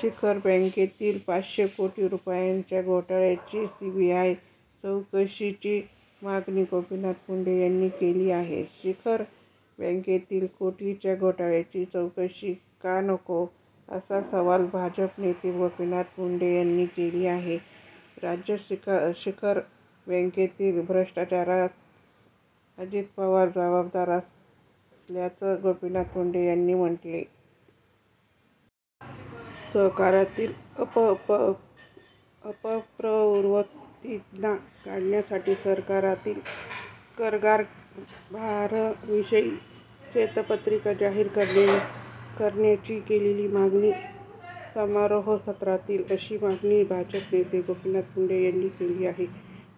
शिखर बँकेतील पाचशे कोटी रूपयांच्या घोटाळ्याची सीबीआय चौकशीची मागणी गोपीनाथ मुंडे यांनी केली आहे. शिखर बँकेतील कोटीच्या घोटाळ्याची चौकशी का नको? असा सवाल भाजप नेते गोपीनाथ मुंडे यांनी केला आहे. राज्य शिखर बँकेतील भ्रष्टाचारास अजित पवार जवाबदार असल्याचं गोपीनाथ मुंडे यांनी म्हटलंय. सहकारातील अपप्रवृत्तींना गाडण्यासाठी सहकारातील गरकारभाराविषयी श्वेतपत्रिका जाहीर करण्याची केलेली मागणी समारोप सत्रातील अशी मागणी भाजप नेते गोपीनाथ मुंडे यांनी केली आहे.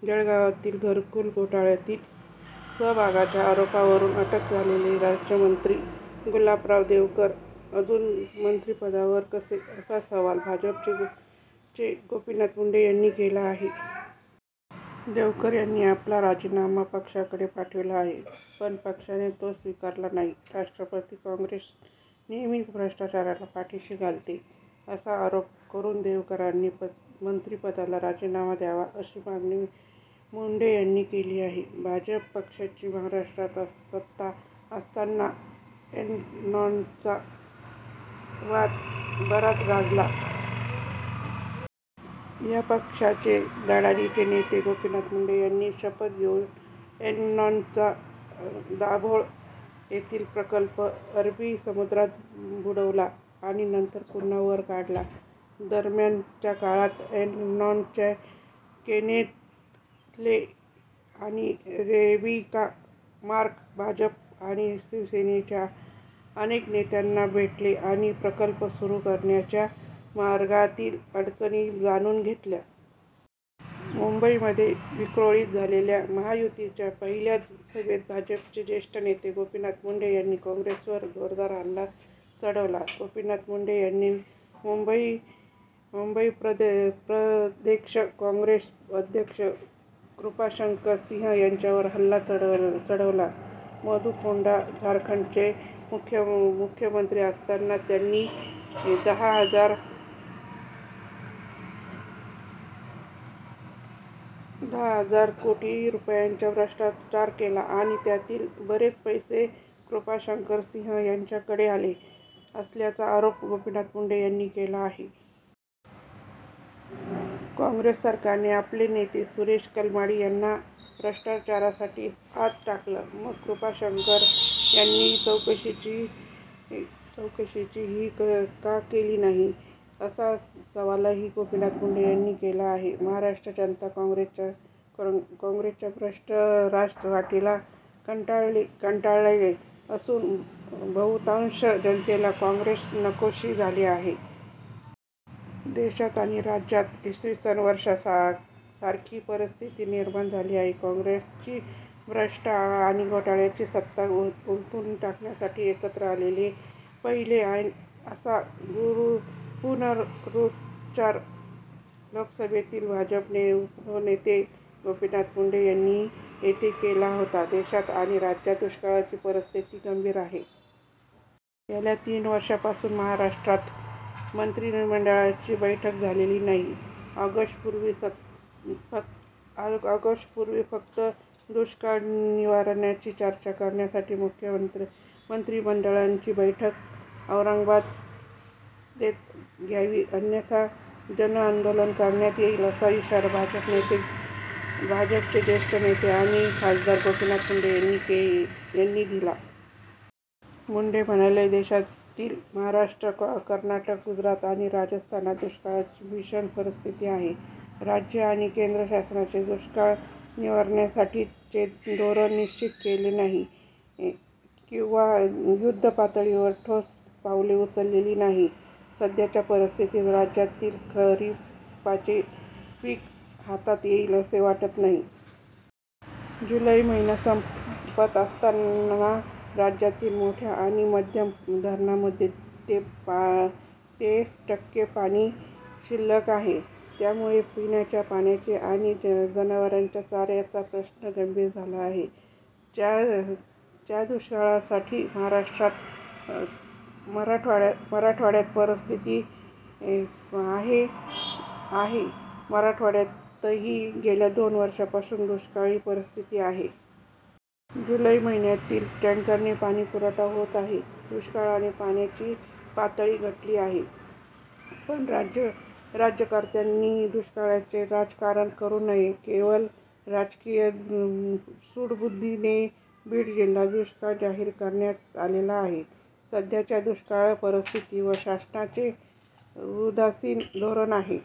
जळगावमधील घरकुल घोटाळ्यातील सहभागाच्या आरोपावरून अटक झालेले राज्यमंत्री गुलाबराव देवकर अजून मंत्रिपदावर कसे, असा सवाल भाजपचे गोपीनाथ मुंडे यांनी केला आहे. देवकर यांनी आपला राजीनामा पक्षाकडे पाठविला आहे, पण पक्षाने तो स्वीकारलेला नाही. राष्ट्रवादी काँग्रेस नेहमीच भ्रष्टाचाराला पाठीशी घालते, असा आरोप करून देवकरांनी मंत्रिपदाचा राजीनामा द्यावा अशी मागणी मुंडे यांनी केली आहे. भाजप पक्षाची महाराष्ट्रात सत्ता असताना एन्रॉनचा वाद बराच गाजला. या पक्षाचे धडाडीचे नेते गोपीनाथ मुंडे यांनी शपथ घेऊन एन्रॉनचा दाभोळ येथील प्रकल्प अरबी समुद्रात बुडवला आणि नंतर पुन्हा वर काढला. दरम्यानच्या काळात एन्रॉनचे केनेथ ले आणि रिबेका मार्क भाजप आणि शिवसेनेच्या अनेक नेत्यांना भेटले आणि प्रकल्प सुरू करण्याच्या मार्गातील अडचणी जाणून घेतल्या. मुंबईमधये विक्रोळीत झालेल्या महायुतीच्या पहिल्याचं सभेत भाजपचे ज्येष्ठ नेते गोपीनाथ मुंडे यांनी काँग्रेसवर जोरदार हल्ला चढवला. गोपीनाथ मुंडे यांनी मुंबई प्रदेश काँग्रेस अध्यक्ष कृपाशंकर सिंह यांच्यावर हल्ला चढवला. मधू कोडा झारखंडचे मुख्यमंत्री असतांना त्यांनी दहा हजार कोटी रूपयांचा भ्रष्टाचार केला आणि त्यातील बरेच पैसे हे कृपाशंकरसिंह यांच्याकडे आले असल्याचा आरोप गोपीनाथ मुंडे यांनी केला आहे. काँग्रेस सरकारने आपले नेते सुरेश कलमाडी यांना भ्रष्टाचारासाठी आत टाकलं, मग कृपाशंकरसिंह यांची चौकशीही का केली नाही, असा सवालही गोपीनाथ मुंडे यांनी केला आहे. महाराष्ट्र जनता काँग्रेसच्या भ्रष्ट राजवटीला कंटाळली असून बहुतांश जनतेला काँग्रेस नकोशी झाली आहे. देशात आणि राज्यात इ. स. वर्षासारखी परिस्थिती निर्माण झाली आहे. काँग्रेसची भ्रष्ट आणि घोटाळ्याची सत्ता उलथून टाकण्यासाठी एकत्र आलेच पाहिजे', असा पुनरूच्चार लोकसभेतील भाजपचे उपनेते गोपीनाथ मुंडे यांनी येथे केला होता. देशात आणि राज्यात दुष्काळाची परिस्थिती गंभीर आहे. गेल्या तीन वर्षांपासून मराठवाड्यात मंत्रिमंडळाची बैठक झालेली नाही. ऑगस्टपूर्वी फक्त दुष्काळ निवारणाची चर्चा करण्यासाठी मंत्रिमंडळाची बैठक औरंगाबादेत घ्यावी अन्यथा जनआंदोलन करण्यात येईल असा इशारा भाजपचे ज्येष्ठ नेते आणि खासदार गोपीनाथ मुंडे यांनी दिला. मुंडे म्हणाले देशातील महाराष्ट्र, कर्नाटक, गुजरात आणि राजस्थानात दुष्काळाची भीषण परिस्थिती आहे. राज्य आणि केंद्र शासनाने दुष्काळ निवारणासाठीचे धोरण निश्चित केलेले नाही किंवा युद्धपातळीवर ठोस पाऊले उचललेली नाहीत. सध्याच्या परिस्थितीत राज्यातील खरिपाचे पीक हातात येईल असे वाटत नाही. जुलै महिना संपत असताना राज्यातील मोठ्या आणि मध्यम धरणांमध्ये ते टक्के पाणी शिल्लक आहे, त्यामुळे पिण्याच्या पाण्याचा आणि जनावरांच्या चाऱ्याचा प्रश्न गंभीर झाला आहे. च्या दुष्काळासारखी मराठवाड्यात परिस्थिती आहे. मराठवाड्यातही गेल्या दोन वर्षांपासून दुष्काळी परिस्थिती आहे. जुलै महिन्यातही टॅंकरने पाणी पुरवठा होत आहे. दुष्काळाने पाण्याची पातळी घटली आहे, पण राज्यकर्त्यांनी दुष्काळाचे राजकारण करू नये. केवळ राजकीय सूडबुद्धीने बीड जिल्ह्यात दुष्काळ जाहीर करण्यात आलेला नाही. सध्याच्या दुष्काळ परिस्थितीवर शासनाचे उदासीन धोरण आहे.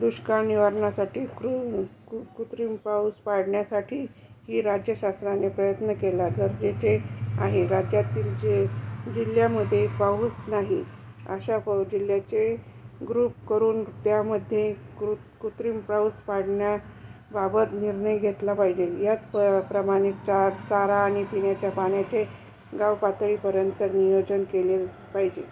दुष्काळ निवारणासाठी कृत्रिम पाऊस पाडण्यासाठीही राज्य शासनाने प्रयत्न करणे गरजेचे आहे. राज्यातील जिल्ह्यांमध्ये पाऊस नाही. अशा जिल्ह्यांचे ग्रुप करून त्यामध्ये कृत्रिम पाऊस पाडण्याबाबत निर्णय घेतला पाहिजे. त्याचप्रमाणे चारा आणि पिण्याच्या पाण्याचे गावपातळीपर्यंत नियोजन केले पाहिजे.